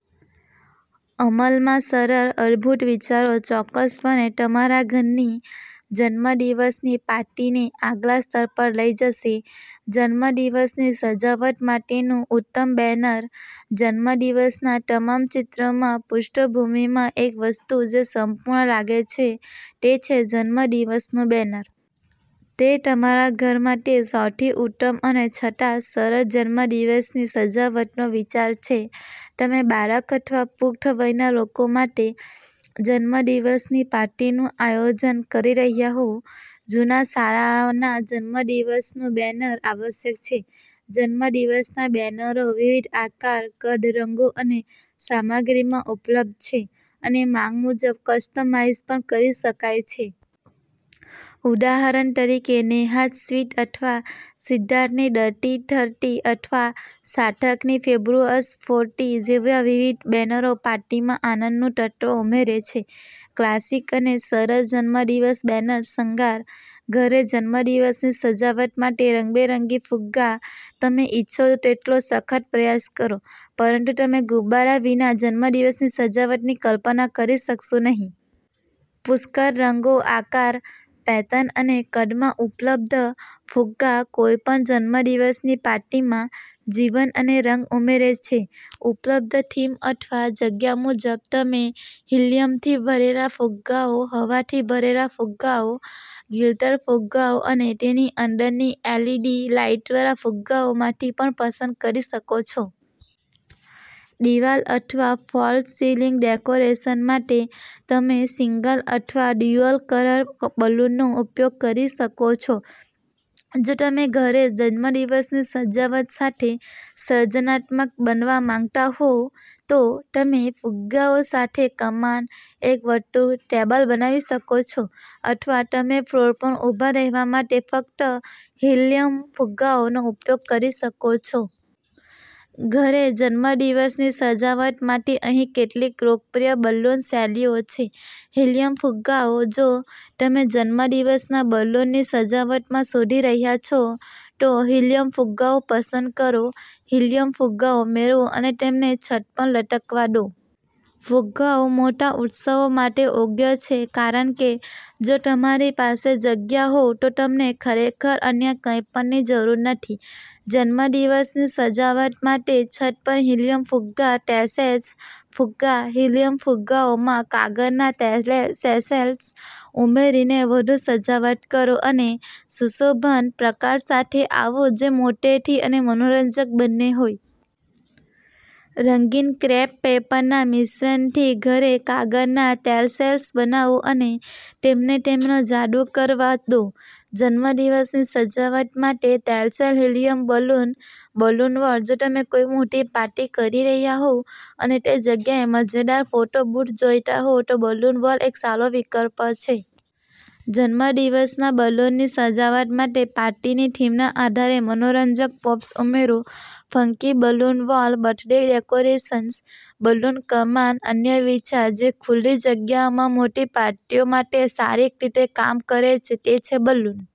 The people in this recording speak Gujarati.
અમલમાં સરળ, અદ્ભુત વિચારો ચોક્કસપણે તમારા ઘરની જન્મદિવસની પાર્ટીને આગલા સ્તર પર લઈ જશે. જન્મદિવસની સજાવટ માટેનું ઉત્તમ બેનર. જન્મદિવસના તમામ ચિત્રોમાં પૃષ્ઠભૂમિમાં એક વસ્તુ જે સંપૂર્ણ લાગે છે તે છે જન્મદિવસનું બેનર. તે તમારા ઘર માટે સૌથી ઉત્તમ અને છતાં સરળ જન્મદિવસની સજાવટનો વિચાર છે. તમે બાળક અથવા પુખ્ત વયના લોકો માટે જન્મદિવસની પાર્ટીનું આયોજન કરી રહ્યાં હોવ, જૂના શાળાના જન્મદિવસનું બેનર આવશ્યક છે. જન્મદિવસના બેનરો વિવિધ આકાર, કદ, રંગો અને સામગ્રીમાં ઉપલબ્ધ છે અને માંગ મુજબ કસ્ટમાઇઝ પણ કરી શકાય છે. ઉદાહરણ તરીકે, 'નેહાઝ સ્વીટ' અથવા 'સિદ્ધાર્થની ડર્ટી થર્ટી' અથવા 'સાર્થકની ફેબ્યુલસ ફોર્ટી' જેવા વિચિત્ર બેનરો પાર્ટીમાં આનંદનું તત્વ ઉમેરે છે. ક્લાસિક અને સરળ 'જન્મદિવસ બેનર' શણગાર. ઘરે જન્મદિવસની સજાવટ માટે રંગબેરંગી ફુગ્ગા. તમે ઇચ્છો તેટલો સખત પ્રયાસ કરો, પરંતુ તમે ગુબ્બારા વિના જન્મદિવસની સજાવટની કલ્પના કરી શકશો નહીં. પુષ્કળ રંગો, આકાર, પેટર્ન અને કદમાં ઉપલબ્ધ, ફુગ્ગા કોઈપણ જન્મદિવસની પાર્ટીમાં જીવન અને રંગ ઉમેરે છે. ઉપલબ્ધ થીમ અથવા જગ્યા મુજબ, તમે હિલીયમથી ભરેલા ફુગ્ગાઓ, હવાથી ભરેલા ફુગ્ગાઓ, ગ્લિટર ફુગ્ગાઓ અને તેની અંદરની એલઇડી લાઇટવાળા ફુગ્ગાઓમાંથી પણ પસંદ કરી શકો છો. દિવાલ અથવા ફોલ્સ સીલિંગ ડેકોરેશન માટે, તમે સિંગલ અથવા ડ્યુઅલ કલર બલૂનનો ઉપયોગ કરી શકો છો. જો તમે ઘરે જન્મદિવસની સજાવટ સાથે સર્જનાત્મક બનવા માંગતા હો, તો તમે ફુગ્ગાઓ સાથે કમાન, એક વર્તુળ, ટેબલ બનાવી શકો છો અથવા તમે ફ્લોર પર ઊભા રહેવા માટે ફક્ત હિલીયમ ફુગ્ગાઓનો ઉપયોગ કરી શકો છો. ઘરે જન્મદિવસની સજાવટ માટે અહીં કેટલીક લોકપ્રિય બલૂન શૈલીઓ છે. હિલીયમ ફુગ્ગાઓ. જો તમે જન્મદિવસના બલૂનની સજાવટ શોધી રહ્યા છો, તો હિલીયમ ફુગ્ગાઓ પસંદ કરો. હિલીયમ ફુગ્ગાઓ મેળવો અને તેમને છત પર લટકાવવા દો. ફુગ્ગાઓ મોટા ઉત્સવો માટે યોગ્ય છે કારણ કે જો તમારી પાસે જગ્યા હોય તો તમને ખરેખર અન્ય કંઈપણની જરૂર નથી. જન્મદિવસની સજાવટ માટે છત પર હિલીયમ ફુગ્ગા. ટેસેલ ફુગ્ગા. હિલીયમ ફુગ્ગાઓમાં કાગળના ટેસેલ્સ ઉમેરીને વધુ સજાવટ કરો અને સુશોભન પ્રકાર સાથે આવો જે મોટેથી અને મનોરંજક બંને હોય. રંગીન ક્રેપ પેપરના મિશ્રણથી ઘરે કાગળના ટેસેલ્સ બનાવો અને તેમને તેમનો જાદુ કરવા દો. જન્મદિવસની સજાવટ માટે tassel helium balloon. Balloon wall. જો તમે કોઈ મોટી પાર્ટી કરી રહ્યા હોવ અને તે જગ્યાએ મજેદાર ફોટો બૂથ જોઈતા હો, તો બલૂન વોલ એક સારો વિકલ્પ છે. જન્મદિવસના બલૂનની સજાવટ માટે પાર્ટીની થીમના આધારે મનોરંજક પ્રોપ્સ ઉમેરો. Funky balloon wall birthday decoration. Balloon કમાન. અન્ય વિચાર જે ખુલ્લી જગ્યાઓમાં મોટી પાર્ટીઓ માટે સારી રીતે કામ કરે છે તે છે બલૂન